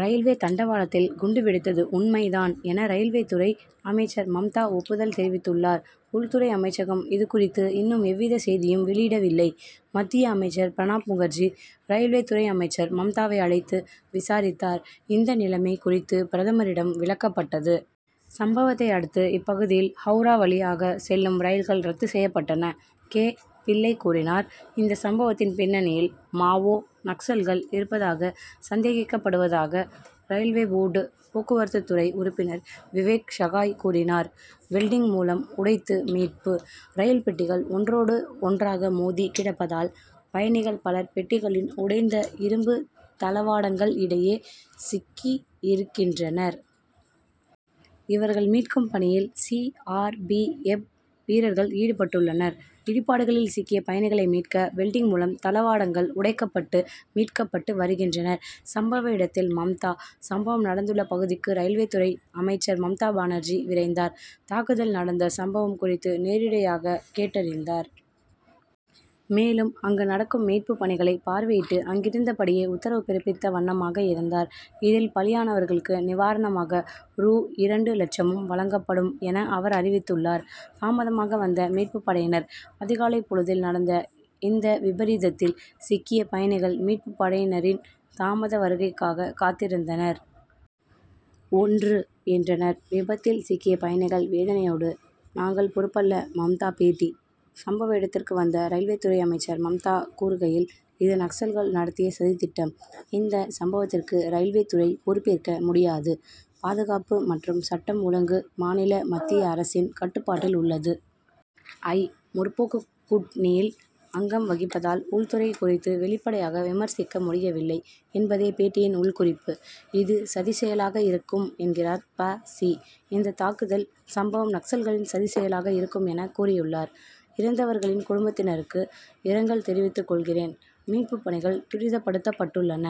Railway தண்டவாளத்தில் குண்டு வெடித்தது உண்மை தான் என ரயில்வே துறை அமைச்சர் மம்தா ஒப்புதல் தெரிவித்துள்ளார். உள்துறை அமைச்சகம் இது குறித்து இன்னும் எவ்வித செய்தியும் வெளியிடவில்லை. மத்திய அமைச்சர் பிரணாப்முகர்ஜி, ரயில்வே துறை அமைச்சர் மம்தாவை அழைத்து விசாரித்தார், இந்த நிலைமை குறித்து பிரதமரிடம் விளக்கப்பட்டது. சம்பவத்தை அடுத்து இப்பகுதியில் ஹவுரா வழியாக செல்லும் ரயில்கள் ரத்து செய்யப்பட்டன. கே., பிள்ளை கூறினார். இந்த சம்பவத்தின் பின்னணியில் மாவோ., நக்சல்கள் இருப்பதாக சந்தேகிக்கப்படுவதாக ரயில்வே போர்டு போக்குவரத்து துறை உறுப்பினர் விவேக் ஷகாய் கூறினார். வெல்டிங் மூலம் உடைத்து மீட்பு: ரயில் பெட்டிகள் ஒன்றோடு ஒன்றாக மோதி கிடப்பதால் பயணிகள் பலர் பெட்டிகளின் உடைந்த இரும்பு தளவாடங்கள் இடையே சி்க்கியிருக்கின்றனர். இவர்கள் மீட்கும் பணியில் சி. ஆர். பி. எப்., வீரர்கள் ஈடுபட்டுள்ளனர். இடிபாடுகளில் சிக்கிய பயணிகளை மீட்க வெல்டிங் மூலம் தளவாடங்கள் உடைக்கப்பட்டு மீட்கப்பட்டு வருகின்றனர். சம்பவ இடத்தில் மம்தா: சம்பவம் நடந்துள்ள பகுதிக்கு ரயில்வே துறை அமைச்சர் மம்தா பானர்ஜி விரைந்தார். தாக்குதல் நடந்த சம்பவம் குறித்து நேரிடையாக கேட்டறிந்தார். மேலும் அங்கு நடக்கும் மீட்பு பணிகளை பார்வையிட்டு அங்கிருந்தபடியே உத்தரவு பிறப்பித்த வண்ணமாக இருந்தார். இதில் பலியானவர்களுக்கு நிவாரணமாக ரூ. இரண்டு லட்சமும் வழங்கப்படும் என அவர் அறிவித்துள்ளார். தாமதமாக வந்த மீட்பு படையினர்: அதிகாலை பொழுதில் நடந்த இந்த விபரீதத்தில் சிக்கிய பயணிகள் மீட்பு படையினரின் தாமத வருகைக்காக காத்திருந்தனர். ஒன்று. என்றனர் விபத்தில் சிக்கிய பயணிகள் வேதனையோடு. நாங்கள் பொறுப்பல்ல மம்தா பேட்டி: சம்பவ இடத்திற்கு வந்த ரயில்வே துறை அமைச்சர் மம்தா கூறுகையில்: இது நக்சல்கள் நடத்திய சதி திட்டம். இந்த சம்பவத்திற்கு ரயில்வே துறை பொறுப்பேற்க முடியாது. பாதுகாப்பு மற்றும் சட்டம் ஒழுங்கு மாநில மத்திய அரசின் கட்டுப்பாட்டில் உள்ளது. ஐ. முற்போக்கு கூட்ணியில் அங்கம் வகிப்பதால் உள்துறை குறித்து வெளிப்படையாக விமர்சிக்க முடியவில்லை என்பதே பேட்டியின் உள் குறிப்பு. இது சதிச்செயலாக இருக்கும் என்கிறார் ப. சி., இந்த தாக்குதல் சம்பவம் நக்சல்களின் சதிச்செயலாக இருக்கும் என கூறியுள்ளார். இறந்தவர்களின் குடும்பத்தினருக்கு இரங்கல் தெரிவித்துகொள்கிறேன். மீட்பு பணிகள் துரிதப்படுத்தப்பட்டுள்ளன.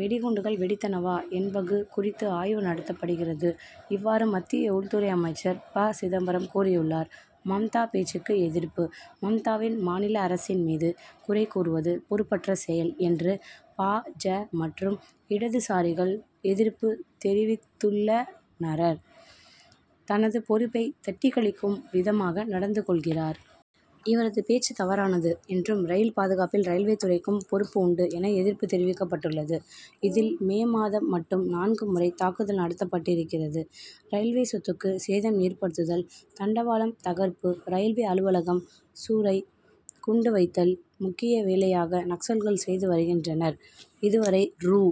வெடிகுண்டுகள் வெடித்தனவா என்பகு குறித்து ஆய்வு நடத்தப்படுகிறது. இவ்வாறு மத்திய உள்துறை அமைச்சர் ப. சிதம்பரம் கூறியுள்ளார். மம்தா பேச்சுக்கு எதிர்ப்பு: மம்தாவின் மாநில அரசின் மீது குறை கூறுவது பொறுப்பற்ற செயல் என்று பா. ஜ., மற்றும் இடதுசாரிகள் எதிர்ப்பு தெரிவித்துள்ளனரர். தனது பொறுப்பை தட்டிக்கழிக்கும் விதமாக நடந்து கொள்கிறார். இவரது பேச்சு தவறானது என்றும் ரயில் பாதுகாப்பில் ரயில்வே துறைக்கும் பொறுப்பு உண்டு என எதிர்ப்பு தெரிவிக்கப்பட்டுள்ளது. இதில் மே மாதம் மட்டும் நான்கு முறை தாக்குதல் நடத்தப்பட்டிருக்கிறது. ரயில்வே சொத்துக்கு சேதம் ஏற்படுத்துதல், தண்டவாளம் தகர்ப்பு, ரயில்வே அலுவலகம் சூறை, குண்டு வைத்தல் முக்கிய வேலையாக நக்சல்கள் செய்து வருகின்றனர். இதுவரை ரூ.